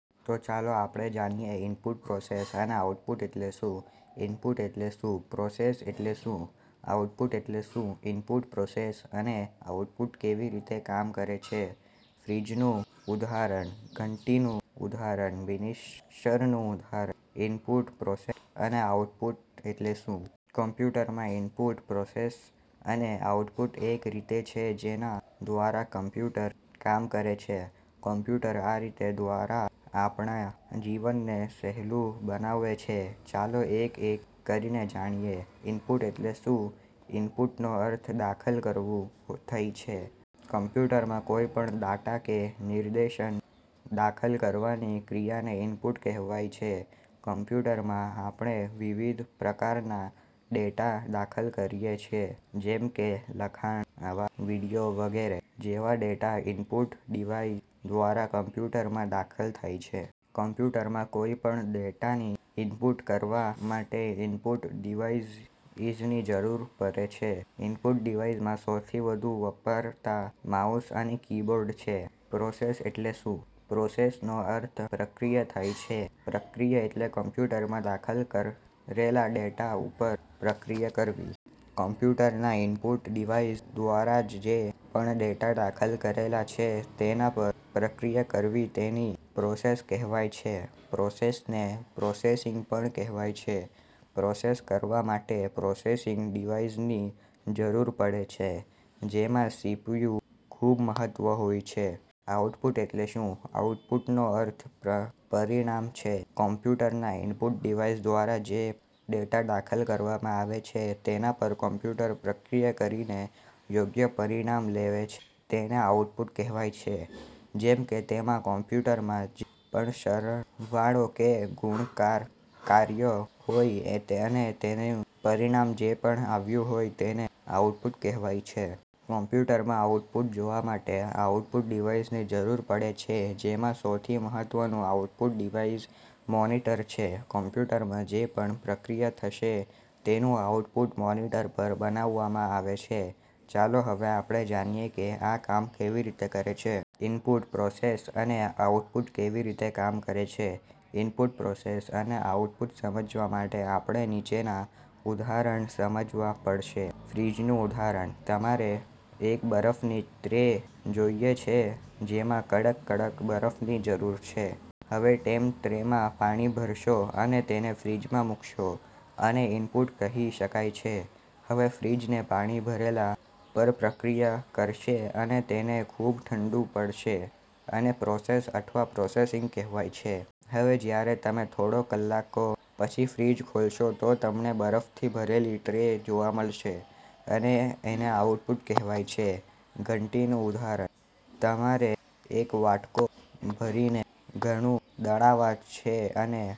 તો ચાલો આપણે જાણીએ. ઈનપુટ, પ્રોસેસ અને આઉટપુટ એટલે શું? ઈનપુટ એટલે શું? પ્રોસેસ એટલે શું? આઉટપુટ એટલે શું? ઈનપુટ, પ્રોસેસ અને આઉટપુટ કેવી રીતે કામ કરે છે? ફ્રિજનું ઉદાહરણ:- ઘંટીનું ઉદાહરણ:- મિક્ષરનું ઉદાહરણ:- ઈનપુટ, પ્રોસેસ અને આઉટપુટ એટલે શું? કમ્પ્યુટરમાં ઈનપુટ, પ્રોસેસ અને આઉટપુટ એક રીત છે જેના દ્વારા કમ્પ્યુટર કામ કરે છે. કમ્પ્યુટર, આ રીત દ્વારા આપણાં જીવનને સહેલું બનાવે છે. ચાલો એક એક કરીને જાણીએ. ઈનપુટ એટલે શું? ઈનપુટનો અર્થ દાખલ કરવું થાય છે. કમ્પ્યુટરમાં કોઈ પણ ડેટા કે નિર્દેશને દાખલ કરવાની ક્રિયાને ઈનપુટ કહેવાય છે. કમ્પ્યુટરમાં આપણે વિવિધ પ્રકારના ડેટા દાખલ કરીએ છે જેમ કે લખાણ, અવાજ, વિડિયો વગેરે જેવા ડેટા ઈનપુટ ડિવાઇસ દ્વારા કમ્પ્યુટરમાં દાખલ થાય છે. કમ્પ્યુટરમાં કોઈ પણ ડેટાને ઈનપુટ કરવા માટે ઈનપુટ ડિવાઇસની જરૂર પડે છે. ઈનપુટ ડિવાઇસમાં સૌથી વધુ વપરાતા માઉસ અને કીબોર્ડ છે. પ્રોસેસ એટલે શું? પ્રોસેસનો અર્થ પ્રક્રિયા થાય છે. પ્રક્રિયા એટલે કમ્પ્યુટરમાં દાખલ કરેલા ડેટા ઉપર પ્રક્રિયા કરવી. કમ્પ્યુટરના ઈનપુટ ડિવાઇસ દ્વારા જે પણ ડેટા દાખલ કરેલા છે તેના પર પ્રક્રિયા કરવી તેને પ્રોસેસ કહેવાય છે. પ્રોસેસને પ્રોસેસિંગ પણ કહેવાય છે. પ્રોસેસ કરવા માટે પ્રોસેસિંગ ડિવાઇસની જરૂર પડે છે. જેમાં સીપીયુ ખૂબ મહત્વનું હોય છે. આઉટપુટ એટલે શું? આઉટપુટનો અર્થ પરિણામ છે. કમ્પ્યુટરના ઈનપુટ ડિવાઇસ દ્વારા જે પણ ડેટા દાખલ કરવામાં આવે છે તેના પર કમ્પ્યુટર પ્રક્રિયા કરીને યોગ્ય પરિણામ લાવે છે તેને આઉટપુટ કહેવાય છે. જેમ કે તમે કમ્પ્યુટરમાં જે પણ સરવાળો કે ગુણાકાર કર્યો હોય અને તેનું પરિણામ જે પણ આવ્યું હોય તેને આઉટપુટ કહેવાય છે. કમ્પ્યુટરમાં આઉટપુટ જોવા માટે આઉટપુટ ડિવાઇસની જરૂર પડે છે જેમાં સૌથી મહત્વનું આઉટપુટ ડિવાઇસ મોનીટર છે. કમ્પ્યુટરમાં જે પણ પ્રક્રિયા થશે તેનું આઉટપુટ મોનીટર પર બતાવવામાં આવે છે. ચાલો હવે આપણે જાણીએ કે આ કામ કેવી રીતે કરે છે. ઈનપુટ, પ્રોસેસ અને આઉટપુટ કેવી રીતે કામ કરે છે? ઈનપુટ, પ્રોસેસ અને આઉટપુટને સમજવા માટે આપણે નીચેના ઉદાહરણ સમજવા પડશે. ફ્રિજનું ઉદાહરણ:- તમારે એક બરફની ટ્રે જોઈએ છે જેમાં કડક-કડક બરફની જરૂર છે. હવે તમે ટ્રે માં પાણી ભરશો અને તેને ફ્રિજમાં મુકશો, આને ઈનપુટ કહી શકાય છે. હવે ફ્રિજ તે પાણી ભરેલા પર પ્રક્રિયા કરશે અને તેને ખૂબ ઠંડુ પાડશે, આને પ્રોસેસ અથવા પ્રોસેસિંગ કહેવાય છે. હવે જ્યારે તમે થોડા કલાકો પછી ફ્રિજ ખોલશો તો તમને બરફથી ભરેલી ટ્રે જોવા મળશે, આને આઉટપુટ કહેવાય છે. ઘંટીનું ઉદાહરણ:- તમારે એક વાટકો ભરીને ઘઉં દળવા છે અને